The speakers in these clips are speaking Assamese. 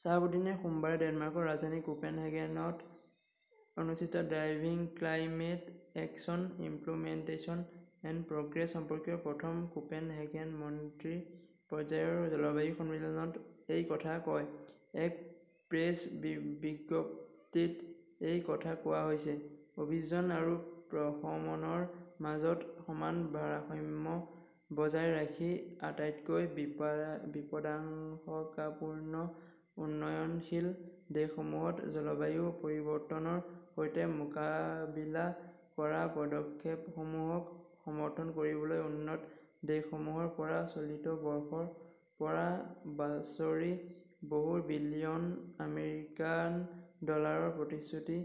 শ্বাহাব উদ্দীনে সোমবাৰে ডেনমাৰ্কৰ ৰাজধানী কোপেন হেগেনত অনুষ্ঠিত driving climate action, implementation and progress সম্পৰ্কীয় প্ৰথম কোপেন হেগেন মন্ত্ৰী পৰ্যায়ৰ জলবায়ু সন্মিলনত এই কথা কয়। এক প্ৰেছ বিজ্ঞপ্তিত এই কথা কোৱা হৈছে। অভিযোজন আৰু প্ৰশমনৰ মাজত সমান ভাৰসাম্য বজাই ৰাখি আটাইতকৈ বিপদাশংকাপূৰ্ণ উন্নয়নশীল দেশসমূহত জলবায়ু পৰিৱৰ্তনৰ সৈতে মোকাবিলা কৰা পদক্ষেপসমূহক সমৰ্থন কৰিবলৈ উন্নত দেশসমূহৰ পৰা চলিত বৰ্ষৰ পৰা বছৰি বহু বিলিয়ন আমেৰিকান ডলাৰৰ প্ৰতিশ্ৰুতি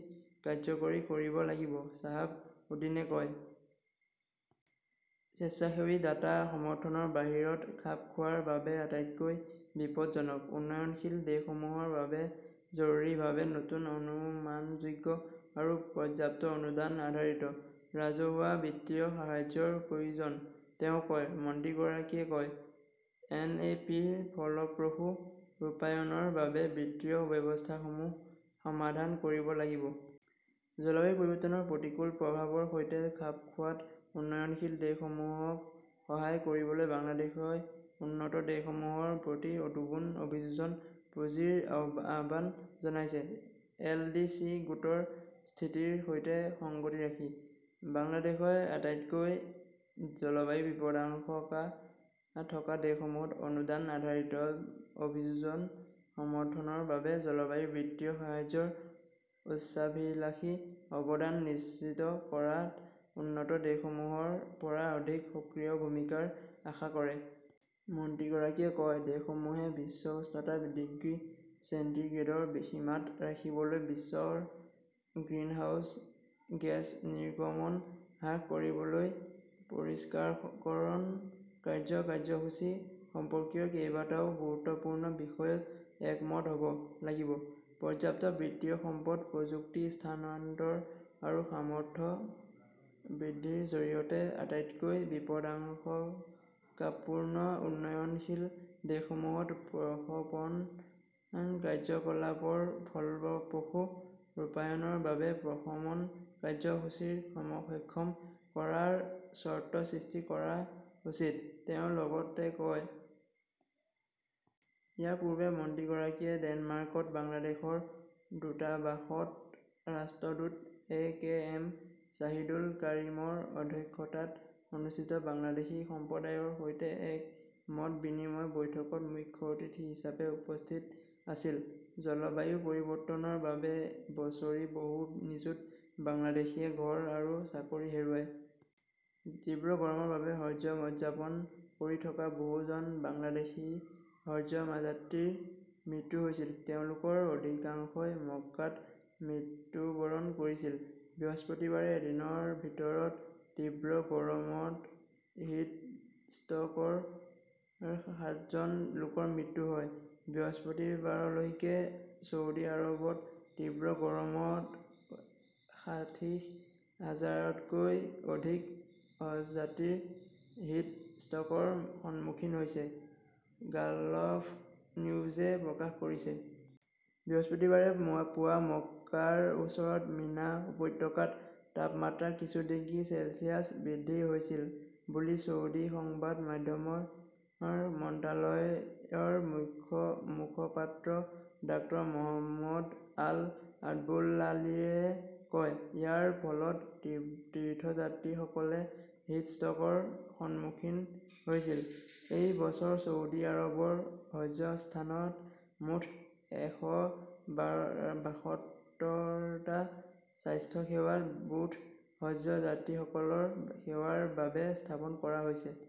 কাৰ্যকৰী কৰিব লাগিব, শ্বাহাব উদ্দীনে কয়। স্বেচ্ছাসেৱী দাতা সমৰ্থনৰ বাহিৰত খাপ খোৱাৰ বাবে আটাইতকৈ বিপদজনক উন্নয়নশীল দেশসমূহৰ বাবে জৰুৰীভাৱে নতুন, অনুমানযোগ্য আৰু পৰ্যাপ্ত অনুদান আধাৰিত ৰাজহুৱা বিত্তীয় সাহায্যৰ প্ৰয়োজন, তেওঁ কয়। মন্ত্ৰীগৰাকীয়ে কয়, এন এ পিৰ ফলপ্ৰসূ ৰূপায়ণৰ বাবে বিত্তীয় ব্যৱস্থাসমূহ সমাধান কৰিব লাগিব। জলবায়ু পৰিৱৰ্তনৰ প্ৰতিকূল প্ৰভাৱৰ সৈতে খাপ খোৱাত উন্নয়নশীল দেশসমূহক সহায় কৰিবলৈ বাংলাদেশই উন্নত দেশসমূহৰ প্ৰতি দুগুণ অভিযোজন পুঁজিৰ আহ্বান জনাইছে। এল ডি চি গোটৰ স্থিতিৰ সৈতে সংগতি ৰাখি, বাংলাদেশই আটাইতকৈ জলবায়ু বিপদাশংকা থকা দেশসমূহত অনুদান আধাৰিত অভিযোজন সমৰ্থনৰ বাবে জলবায়ু বিত্তীয় সাহায্যৰ উচ্চাভিলাষী অৱদান নিশ্চিত কৰাত উন্নত দেশসমূহৰ পৰা অধিক সক্ৰিয় ভূমিকাৰ আশা কৰে। মন্ত্ৰীগৰাকীয়ে কয়, দেশসমূহে বিশ্ব উষ্ণতা ডিগ্ৰী চেণ্টিগ্ৰেডৰ সীমাত ৰাখিবলৈ বিশ্বৰ গ্ৰিনহাউজ গেছ নিৰ্গমন হ্ৰাস কৰিবলৈ পৰিষ্কাৰকৰণ কাৰ্য্য কাৰ্যসূচী সম্পৰ্কীয় কেইবাটাও গুৰুত্বপূৰ্ণ বিষয়ত একমত হ'ব লাগিব। পৰ্যাপ্ত বিত্তীয় সম্পদ, প্ৰযুক্তি স্থানান্তৰ আৰু সামৰ্থ্য বৃদ্ধিৰ জৰিয়তে আটাইতকৈ বিপদাশংকাপূৰ্ণ উন্নয়নশীল দেশসমূহত প্ৰশমন কাৰ্যকলাপৰ ফলপ্ৰসূ ৰূপায়ণৰ বাবে প্ৰশমন কাৰ্যসূচীক সক্ষম কৰাৰ চৰ্ত সৃষ্টি কৰা উচিত, তেওঁ লগতে কয়। ইয়াৰ পূৰ্বে মন্ত্ৰীগৰাকীয়ে ডেনমাৰ্কত বাংলাদেশৰ দূতাবাসত ৰাষ্ট্ৰদূত এ কে এম শ্বাহিদুল কাৰিমৰ অধ্যক্ষতাত অনুষ্ঠিত বাংলাদেশী সম্প্ৰদায়ৰ সৈতে এক মত বিনিময় বৈঠকত মুখ্য অতিথি হিচাপে উপস্থিত আছিল। জলবায়ু পৰিৱৰ্তনৰ বাবে বছৰি বহু নিযুত বাংলাদেশীয়ে ঘৰ আৰু চাকৰি হেৰুৱায়। তীব্ৰ গৰমৰ বাবে হজ্জ উদযাপন কৰি থকা বহুজন বাংলাদেশী হজ্জ যাত্ৰীৰ মৃত্যু হৈছিল। তেওঁলোকৰ অধিকাংশই মক্কাত মৃত্যুবৰণ কৰিছিল। বৃহস্পতিবাৰে এদিনৰ ভিতৰত তীব্ৰ গৰমত হিট ষ্ট্ৰ'কত সাতজন লোকৰ মৃত্যু হয়। বৃহস্পতিবাৰলৈকে ছৌদি আৰৱত তীব্ৰ গৰমত ষাঠিশ হাজাৰতকৈও অধিক হজযাত্ৰীয়ে হিট ষ্ট্ৰ'কৰ সন্মুখীন হৈছে, গালফ নিউজে প্ৰকাশ কৰিছে। বৃহস্পতিবাৰে পুৱা মক্কাৰ ওচৰৰ মিনা উপত্যকাত তাপমাত্ৰা কিছু ডিগ্ৰী চেলছিয়াছ বৃদ্ধি হৈছিল বুলি ছৌদি সংবাদ মাধ্যমৰ মন্ত্ৰালয়ৰ মুখপাত্ৰ ডাঃ মহম্মদ আল আব্দুলালিয়ে কয়। ইয়াৰ ফলত তীৰ্থযাত্ৰীসকলে হিট ষ্ট্ৰ'কৰ সন্মুখীন হৈছিল। এই বছৰ ছৌদি আৰৱৰ হজ্জ স্থানত মুঠ এশ বাসত্তৰটা স্বাস্থ্যসেৱা বুথ হজ্জ যাত্ৰীসকলৰ সেৱাৰ বাবে স্থাপন কৰা হৈছে।